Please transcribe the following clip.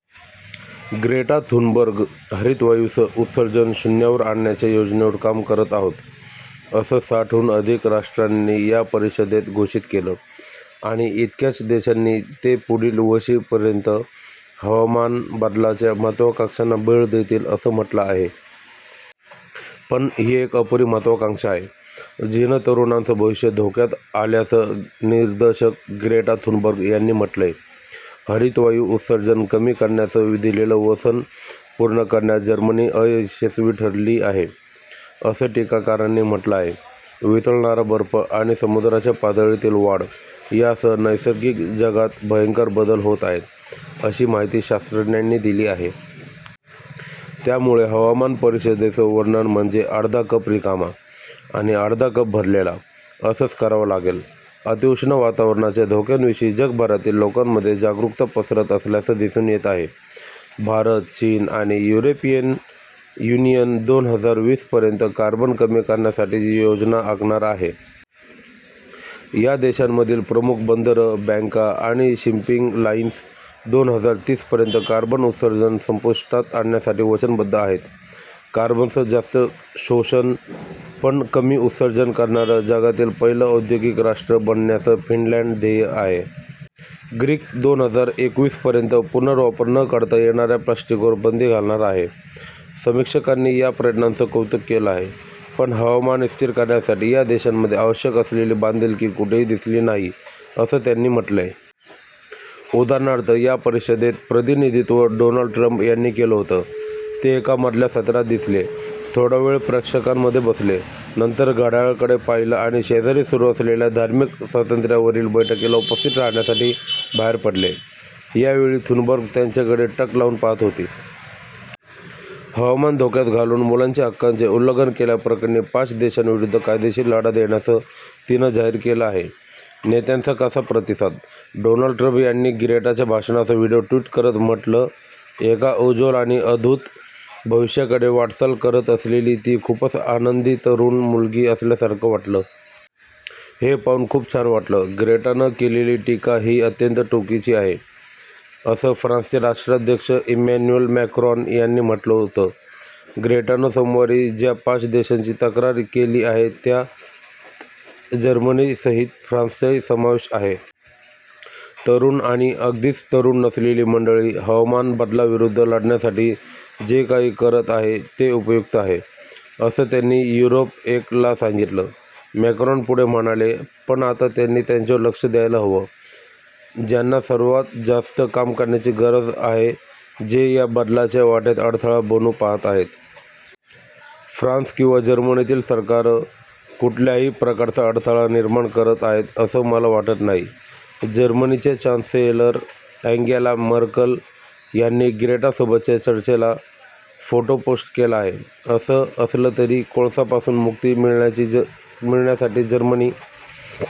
Greta Thunberg हरितवायूंचं उत्सर्जन शून्यावर आणण्याच्या योजनेवर काम करत आहोत, असं साठ हून अधिक राष्ट्रांनी या परिषदेत घोषित केलं. आणि इतक्याच देशांनी ते पुढील वर्षीपर्यंत हवामान बदलाच्या महत्त्वाकांक्षांना बळ देतील, असं म्हटलं आहे. पण, ही एक अपुरी महत्त्वाकांक्षा आहे, जिनं तरुणांचं भविष्य धोक्यात आल्याचं निदर्शक ग्रेटा थुनबर्ग यांनी म्हटलंय. हरितवायू उत्सर्जन कमी करण्याचं दिलेलं वचन पूर्ण करण्यात जर्मनी अयशस्वी ठरली आहे, असं टीकाकारांनी म्हटलं आहे. वितळणारा बर्फ आणि समुद्राच्या पातळीतील वाढ यासह नैसर्गिक जगात भयंकर बदल होत आहेत, अशी माहिती शास्त्रज्ञांनी दिली आहे. त्यामुळेच हवामान परिषदेचं वर्णन म्हणजे अर्धा कप रिकामा आणि अर्धा कप भरलेला, असंच करावं लागेल. अतिउष्ण वातावरणाच्या धोक्यांविषयी जगभरातील लोकांमध्ये जागरुकता पसरत असल्याचं दिसून येत आहे. भारत, चीन आणि युरोपियन यूनियन दोन हजार वीस पर्यंत कार्बन कमी करण्यासाठीची योजना आखणार आहे. या देशांतील प्रमुख बंदरं, बँका आणि शिपिंग लाईन्स दोन हजार तीस पर्यंत कार्बन उत्सर्जन संपुष्टात आणण्यासाठी वचनबद्ध आहेत. कार्बनचं जास्त शोषण, पण कमी उत्सर्जन करणारं जगातील पहिलं औद्योगिक राष्ट्र बनण्याचं फिनलँड ध्येय आहे. ग्रीस दोन हजार एकवीस पर्यंत पुनर्वापर न करता येणाऱ्या प्लास्टिकवर बंदी घालणार आहे. समीक्षकांनी या प्रयत्नांचं कौतुक केलं आहे, पण हवामान स्थिर करण्यासाठी या देशांमध्ये आवश्यक असलेली बांधिलकी कुठेही दिसली नाही, असं त्यांनी म्हटलंय. उदाहरणार्थ या परिषदेत प्रतिनिधित्व डोनल्ड ट्रंप यांनी केलं होतं. ते एका मधल्या सत्रात दिसले, थोडा वेळ प्रेक्षकांमध्ये बसले, नंतर घड्याळाकडे पाहिलं आणि शेजारी सुरू असलेल्या धार्मिक स्वातंत्र्यावरील बैठकीला उपस्थित राहाण्यासाठी बाहेर पडले. यावेळी थुनबर्ग त्यांच्याकडे टक लावून पाहत होती. हवामान धोक्यात घालून मुलांच्या हक्कांचे उल्लंघन केल्याप्रकरणी पाच देशांविरूद्ध कायदेशीर लढा देण्याचं तिनं जाहीर केलं आहे. नेत्यांचा कसा प्रतिसाद? डोनाल्ड ट्रंप यांनी ग्रेटाच्या भाषणाचा व्हीडिओ ट्वीट करत म्हटलं एका उज्ज्वल आणि अद्भुत भविष्याकडे वाटचाल करत असलेली ती खूपच आनंदी तरुण मुलगी असल्यासारखं वाटलं. हे पाहून खूप छान वाटलं! ग्रेटानं केलेली टीका ही अत्यंत टोकाची आहे असं फ्रान्सचे राष्ट्राध्यक्ष इमॅन्युल मॅक्रॉन यांनी म्हटलं होतं. ग्रेटानं सोमवारी ज्या पाच देशांची तक्रार केली आहे त्यात जर्मनीसहित फ्रान्सचाही समावेश आहे. तरुण आणि अगदीच तरुण नसलेली मंडळी हवामान बदलाविरुद्ध लढण्यासाठी जे काही करत आहे ते उपयुक्त आहे, असं त्यांनी युरोप-एक ला सांगितलं. मॅक्रॉन पुढे म्हणाले, पण आता त्यांनी त्यांच्यावर लक्ष द्यायला हवं, ज्यांना सर्वांत जास्त काम करण्याची गरज आहेजे या बदलाच्या वाटेत अडथळा बनू पाहत आहेत. फ्रान्स किंवा जर्मनीतील सरकारं कुठल्याही प्रकारचा अडथळा निर्माण करत आहेत असं मला वाटत नाही. जर्मनीच्या चॅन्सेलर अँगेला मर्केल यांनी ग्रेटासोबतच्या चर्चेचा फोटो पोस्ट केला आहे. असं असलं तरी, कोळसापासून मुक्ती मिळण्यासाठी जर्मनी